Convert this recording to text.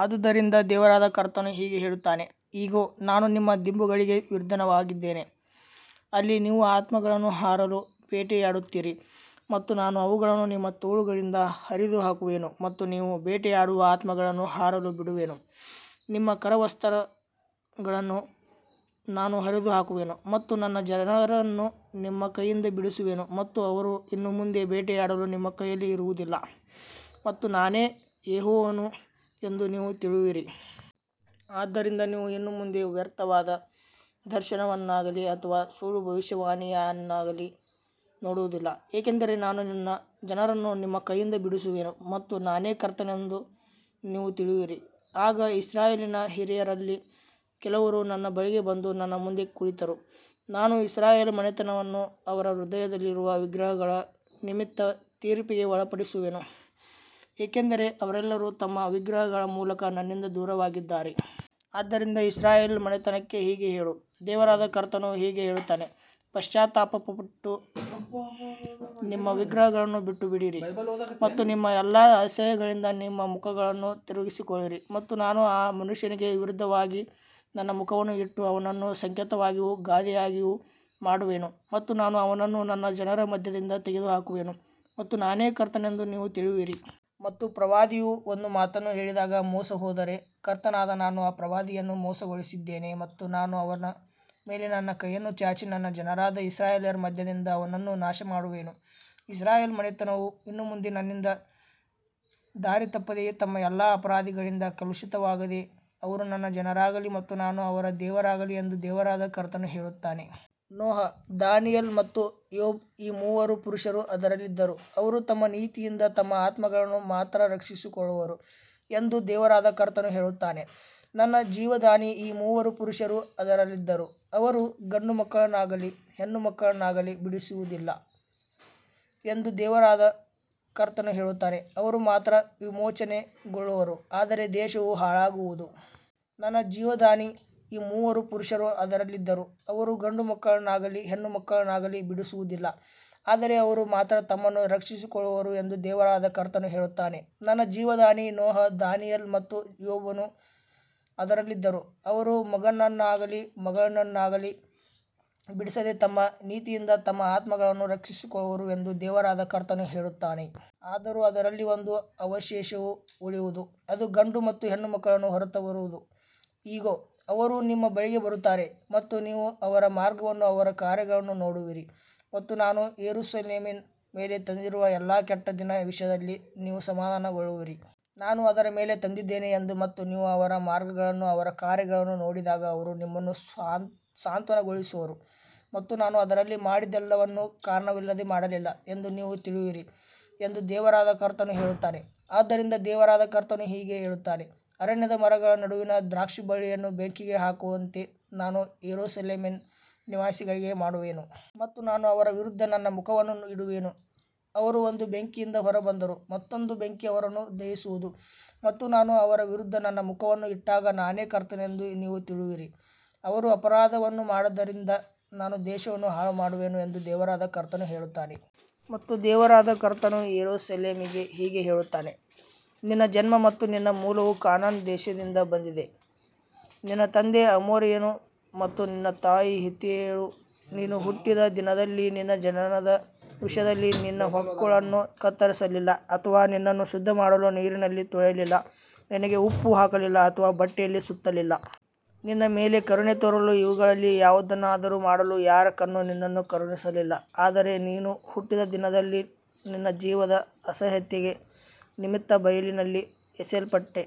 ಆದುದರಿಂದ ದೇವರಾದ ಕರ್ತನು ಹೀಗೆ ಹೇಳುತ್ತಾನೆ, ಇಗೋ, ನಾನು ನಿಮ್ಮ ದಿಂಬುಗಳಿಗೆ ವಿರುದ್ಧವಾಗಿದ್ದೇನೆ, ಅಲ್ಲಿ ನೀವು ಆತ್ಮಗಳನ್ನು ಹಾರಲು ಬೇಟೆಯಾಡುತ್ತೀರಿ ಮತ್ತು ನಾನು ಅವುಗಳನ್ನು ನಿಮ್ಮ ತೋಳುಗಳಿಂದ ಹರಿದುಹಾಕುವೆನು ಮತ್ತು ನೀವು ಬೇಟೆಯಾಡುವ ಆತ್ಮಗಳನ್ನು ಹಾರಲು ಬಿಡುವೆನು. ನಿಮ್ಮ ಕರವಸ್ತ್ರಗಳನ್ನೂ ನಾನು ಹರಿದುಹಾಕುವೆನು ಮತ್ತು ನನ್ನ ಜನರನ್ನು ನಿಮ್ಮ ಕೈಯಿಂದ ಬಿಡಿಸುವೆನು ಮತ್ತು ಅವರು ಇನ್ನು ಮುಂದೆ ಬೇಟೆಯಾಡಲು ನಿಮ್ಮ ಕೈಯಲ್ಲಿ ಇರುವುದಿಲ್ಲ ಮತ್ತು ನಾನೇ ಯೆಹೋವನು ಎಂದು ನೀವು ತಿಳಿಯುವಿರಿ. ಆದ್ದರಿಂದ ನೀವು ಇನ್ನು ಮುಂದೆ ವ್ಯರ್ಥವಾದ ದರ್ಶನವನ್ನಾಗಲಿ ಅಥವಾ ಸುಳ್ಳು ಭವಿಷ್ಯವಾಣಿಯನ್ನಾಗಲಿ ನೋಡುವುದಿಲ್ಲ, ಏಕೆಂದರೆ ನಾನು ನನ್ನ ಜನರನ್ನು ನಿಮ್ಮ ಕೈಯಿಂದ ಬಿಡಿಸುವೆನು ಮತ್ತು ನಾನೇ ಕರ್ತನೆಂದು ನೀವು ತಿಳಿಯುವಿರಿ. ಆಗ ಇಸ್ರಾಯೇಲಿನ ಹಿರಿಯರಲ್ಲಿ ಕೆಲವರು ನನ್ನ ಬಳಿಗೆ ಬಂದು ನನ್ನ ಮುಂದೆ ಕುಳಿತರು. ನಾನು ಇಸ್ರಾಯೇಲ್ ಮನೆತನವನ್ನು ಅವರ ಹೃದಯದಲ್ಲಿರುವ ವಿಗ್ರಹಗಳ ನಿಮಿತ್ತ ತೀರ್ಪಿಗೆ ಒಳಪಡಿಸುವೆನು, ಏಕೆಂದರೆ ಅವರೆಲ್ಲರೂ ತಮ್ಮ ವಿಗ್ರಹಗಳ ಮೂಲಕ ನನ್ನಿಂದ ದೂರವಾಗಿದ್ದಾರೆ. ಆದ್ದರಿಂದ ಇಸ್ರಾಯೇಲ್ ಮನೆತನಕ್ಕೆ ಹೀಗೆ ಹೇಳು, ದೇವರಾದ ಕರ್ತನು ಹೀಗೆ ಹೇಳುತ್ತಾನೆ, ಪಶ್ಚಾತ್ತಾಪಪಟ್ಟು ನಿಮ್ಮ ವಿಗ್ರಹಗಳನ್ನು ಬಿಟ್ಟುಬಿಡಿರಿ ಮತ್ತು ನಿಮ್ಮ ಎಲ್ಲಾ ಅಸಹ್ಯಗಳಿಂದ ನಿಮ್ಮ ಮುಖಗಳನ್ನು ತಿರುಗಿಸಿಕೊಳ್ಳಿರಿ. ಮತ್ತು ನಾನು ಆ ಮನುಷ್ಯನಿಗೆ ವಿರುದ್ಧವಾಗಿ ನನ್ನ ಮುಖವನ್ನು ಇಟ್ಟು ಅವನನ್ನು ಸಂಕೇತವಾಗಿಯೂ ಗಾದೆಯಾಗಿಯೂ ಮಾಡುವೆನು ಮತ್ತು ನಾನು ಅವನನ್ನು ನನ್ನ ಜನರ ಮಧ್ಯದಿಂದ ತೆಗೆದುಹಾಕುವೆನು ಮತ್ತು ನಾನೇ ಕರ್ತನೆಂದು ನೀವು ತಿಳಿಯುವಿರಿ. ಮತ್ತು ಪ್ರವಾದಿಯು ಒಂದು ಮಾತನ್ನು ಹೇಳಿದಾಗ ಮೋಸಹೋದರೆ, ಕರ್ತನಾದ ನಾನು ಆ ಪ್ರವಾದಿಯನ್ನು ಮೋಸಗೊಳಿಸಿದ್ದೇನೆ ಮತ್ತು ನಾನು ಅವನ ಮೇಲೆ ನನ್ನ ಕೈಯನ್ನು ಚಾಚಿ ನನ್ನ ಜನರಾದ ಇಸ್ರಾಯೇಲ್ಯರ ಮಧ್ಯದಿಂದ ಅವನನ್ನು ನಾಶಮಾಡುವೆನು. ಇಸ್ರಾಯೇಲ್ ಮನೆತನವು ಇನ್ನು ಮುಂದೆ ನನ್ನಿಂದ ದಾರಿತಪ್ಪದೆ ತಮ್ಮ ಎಲ್ಲಾ ಅಪರಾಧಗಳಿಂದ ಕಲುಷಿತವಾಗದೆ, ಅವರು ನನ್ನ ಜನರಾಗಲಿ ಮತ್ತು ನಾನು ಅವರ ದೇವರಾಗಲಿ ಎಂದು ದೇವರಾದ ಕರ್ತನು ಹೇಳುತ್ತಾನೆ. ನೋಹ, ದಾನಿಯೇಲ ಮತ್ತು ಯೋಬ ಈ ಮೂವರು ಪುರುಷರು ಅದರಲ್ಲಿದ್ದರೂ, ಅವರು ತಮ್ಮ ನೀತಿಯಿಂದ ತಮ್ಮ ಆತ್ಮಗಳನ್ನು ಮಾತ್ರ ರಕ್ಷಿಸಿಕೊಳ್ಳುವರು ಎಂದು ದೇವರಾದ ಕರ್ತನು ಹೇಳುತ್ತಾನೆ. ನನ್ನ ಜೀವದಾಣೆ, ಈ ಮೂವರು ಪುರುಷರು ಅದರಲ್ಲಿದ್ದರೂ, ಅವರು ಗಂಡುಮಕ್ಕಳನ್ನಾಗಲಿ ಹೆಣ್ಣುಮಕ್ಕಳನ್ನಾಗಲಿ ಬಿಡಿಸುವುದಿಲ್ಲ ಎಂದು ದೇವರಾದ ಕರ್ತನು ಹೇಳುತ್ತಾನೆ, ಅವರು ಮಾತ್ರ ವಿಮೋಚನೆಗೊಳ್ಳುವರು, ಆದರೆ ದೇಶವು ಹಾಳಾಗುವುದು. ನನ್ನ ಜೀವದಾಣೆ, ಈ ಮೂವರು ಪುರುಷರು ಅದರಲ್ಲಿದ್ದರೂ, ಅವರು ಗಂಡುಮಕ್ಕಳನ್ನಾಗಲಿ ಹೆಣ್ಣುಮಕ್ಕಳನ್ನಾಗಲಿ ಬಿಡಿಸುವುದಿಲ್ಲ, ಆದರೆ ಅವರು ಮಾತ್ರ ತಮ್ಮನ್ನು ರಕ್ಷಿಸಿಕೊಳ್ಳುವರು ಎಂದು ದೇವರಾದ ಕರ್ತನು ಹೇಳುತ್ತಾನೆ. ನನ್ನ ಜೀವದಾಣೆ, ನೋಹ, ದಾನಿಯೇಲ ಮತ್ತು ಯೋಬನು ಅದರಲ್ಲಿದ್ದರೂ, ಅವರು ಮಗನನ್ನಾಗಲಿ ಮಗಳನ್ನಾಗಲಿ ಬಿಡಿಸದೆ ತಮ್ಮ ನೀತಿಯಿಂದ ತಮ್ಮ ಆತ್ಮಗಳನ್ನು ರಕ್ಷಿಸಿಕೊಳ್ಳುವರು ಎಂದು ದೇವರಾದ ಕರ್ತನು ಹೇಳುತ್ತಾನೆ. ಆದರೂ ಅದರಲ್ಲಿ ಒಂದು ಅವಶೇಷವು ಉಳಿಯುವುದು, ಅದು ಗಂಡು ಮತ್ತು ಹೆಣ್ಣು ಮಕ್ಕಳನ್ನು ಹೊರತರುವುದು. ಇಗೋ, ಅವರು ನಿಮ್ಮ ಬಳಿಗೆ ಬರುತ್ತಾರೆ ಮತ್ತು ನೀವು ಅವರ ಮಾರ್ಗವನ್ನೂ ಅವರ ಕಾರ್ಯಗಳನ್ನೂ ನೋಡುವಿರಿ ಮತ್ತು ನಾನು ಯೆರೂಸಲೇಮಿನ ಮೇಲೆ ತಂದಿರುವ ಎಲ್ಲಾ ಕೆಟ್ಟದ್ದಿನ ವಿಷಯದಲ್ಲಿ ನೀವು ಸಮಾಧಾನಗೊಳ್ಳುವಿರಿ. ನಾನು ಅದರ ಮೇಲೆ ತಂದಿದ್ದೇನೆ ಎಂದು ಮತ್ತು ನೀವು ಅವರ ಮಾರ್ಗಗಳನ್ನೂ ಅವರ ಕಾರ್ಯಗಳನ್ನೂ ನೋಡಿದಾಗ ಅವರು ನಿಮ್ಮನ್ನು ಸಾಂತ್ವನಗೊಳಿಸುವರು ಮತ್ತು ನಾನು ಅದರಲ್ಲಿ ಮಾಡಿದ್ದೆಲ್ಲವನ್ನೂ ಕಾರಣವಿಲ್ಲದೆ ಮಾಡಲಿಲ್ಲ ಎಂದು ನೀವು ತಿಳಿಯುವಿರಿ ಎಂದು ದೇವರಾದ ಕರ್ತನು ಹೇಳುತ್ತಾನೆ. ಆದ್ದರಿಂದ ದೇವರಾದ ಕರ್ತನು ಹೀಗೆ ಹೇಳುತ್ತಾನೆ, ಅರಣ್ಯದ ಮರಗಳ ನಡುವಿನ ದ್ರಾಕ್ಷಿಬಳ್ಳಿಯನ್ನು ಬೆಂಕಿಗೆ ಹಾಕುವಂತೆ ನಾನು ಯೆರೂಸಲೇಮಿನ ನಿವಾಸಿಗಳಿಗೆ ಮಾಡುವೆನು. ಮತ್ತು ನಾನು ಅವರ ವಿರುದ್ಧ ನನ್ನ ಮುಖವನ್ನು ಇಡುವೆನು, ಅವರು ಒಂದು ಬೆಂಕಿಯಿಂದ ಹೊರಬಂದರೂ ಮತ್ತೊಂದು ಬೆಂಕಿ ಅವರನ್ನು ದಹಿಸುವುದು ಮತ್ತು ನಾನು ಅವರ ವಿರುದ್ಧ ನನ್ನ ಮುಖವನ್ನು ಇಟ್ಟಾಗ ನಾನೇ ಕರ್ತನೆಂದು ನೀವು ತಿಳಿಯುವಿರಿ. ಅವರು ಅಪರಾಧವನ್ನು ಮಾಡಿದ್ದರಿಂದ ನಾನು ದೇಶವನ್ನು ಹಾಳುಮಾಡುವೆನು ಎಂದು ದೇವರಾದ ಕರ್ತನು ಹೇಳುತ್ತಾನೆ. ಮತ್ತು ದೇವರಾದ ಕರ್ತನು ಯೆರೂಸಲೇಮಿಗೆ ಹೀಗೆ ಹೇಳುತ್ತಾನೆ, ನಿನ್ನ ಜನ್ಮ ಮತ್ತು ನಿನ್ನ ಮೂಲವು ಕಾನಾನ್ ದೇಶದಿಂದ ಬಂದಿದೆ, ನಿನ್ನ ತಂದೆ ಅಮೋರಿಯನು ಮತ್ತು ನಿನ್ನ ತಾಯಿ ಹಿತ್ತಿಯಳು. ನೀನು ಹುಟ್ಟಿದ ದಿನದಲ್ಲಿ ನಿನ್ನ ಜನನದ ವಿಷಯದಲ್ಲಿ ನಿನ್ನ ಹೊಕ್ಕುಳನ್ನು ಕತ್ತರಿಸಲಿಲ್ಲ ಅಥವಾ ನಿನ್ನನ್ನು ಶುದ್ಧಮಾಡಲು ನೀರಿನಲ್ಲಿ ತೊಳೆಯಲಿಲ್ಲ, ನಿನಗೆ ಉಪ್ಪು ಹಾಕಲಿಲ್ಲ ಅಥವಾ ಬಟ್ಟೆಯಲ್ಲಿ ಸುತ್ತಲಿಲ್ಲ. ನಿನ್ನ ಮೇಲೆ ಕರುಣೆ ತೋರಲು ಇವುಗಳಲ್ಲಿ ಯಾವುದನ್ನಾದರೂ ಮಾಡಲು ಯಾರ ಕಣ್ಣೂ ನಿನ್ನನ್ನು ಕರುಣಿಸಲಿಲ್ಲ, ಆದರೆ ನೀನು ಹುಟ್ಟಿದ ದಿನದಲ್ಲಿ ನಿನ್ನ ಜೀವದ ಅಸಹ್ಯತೆಯ ನಿಮಿತ್ತ ಬಯಲಿನಲ್ಲಿ ಎಸೆಯಲ್ಪಟ್ಟೆ.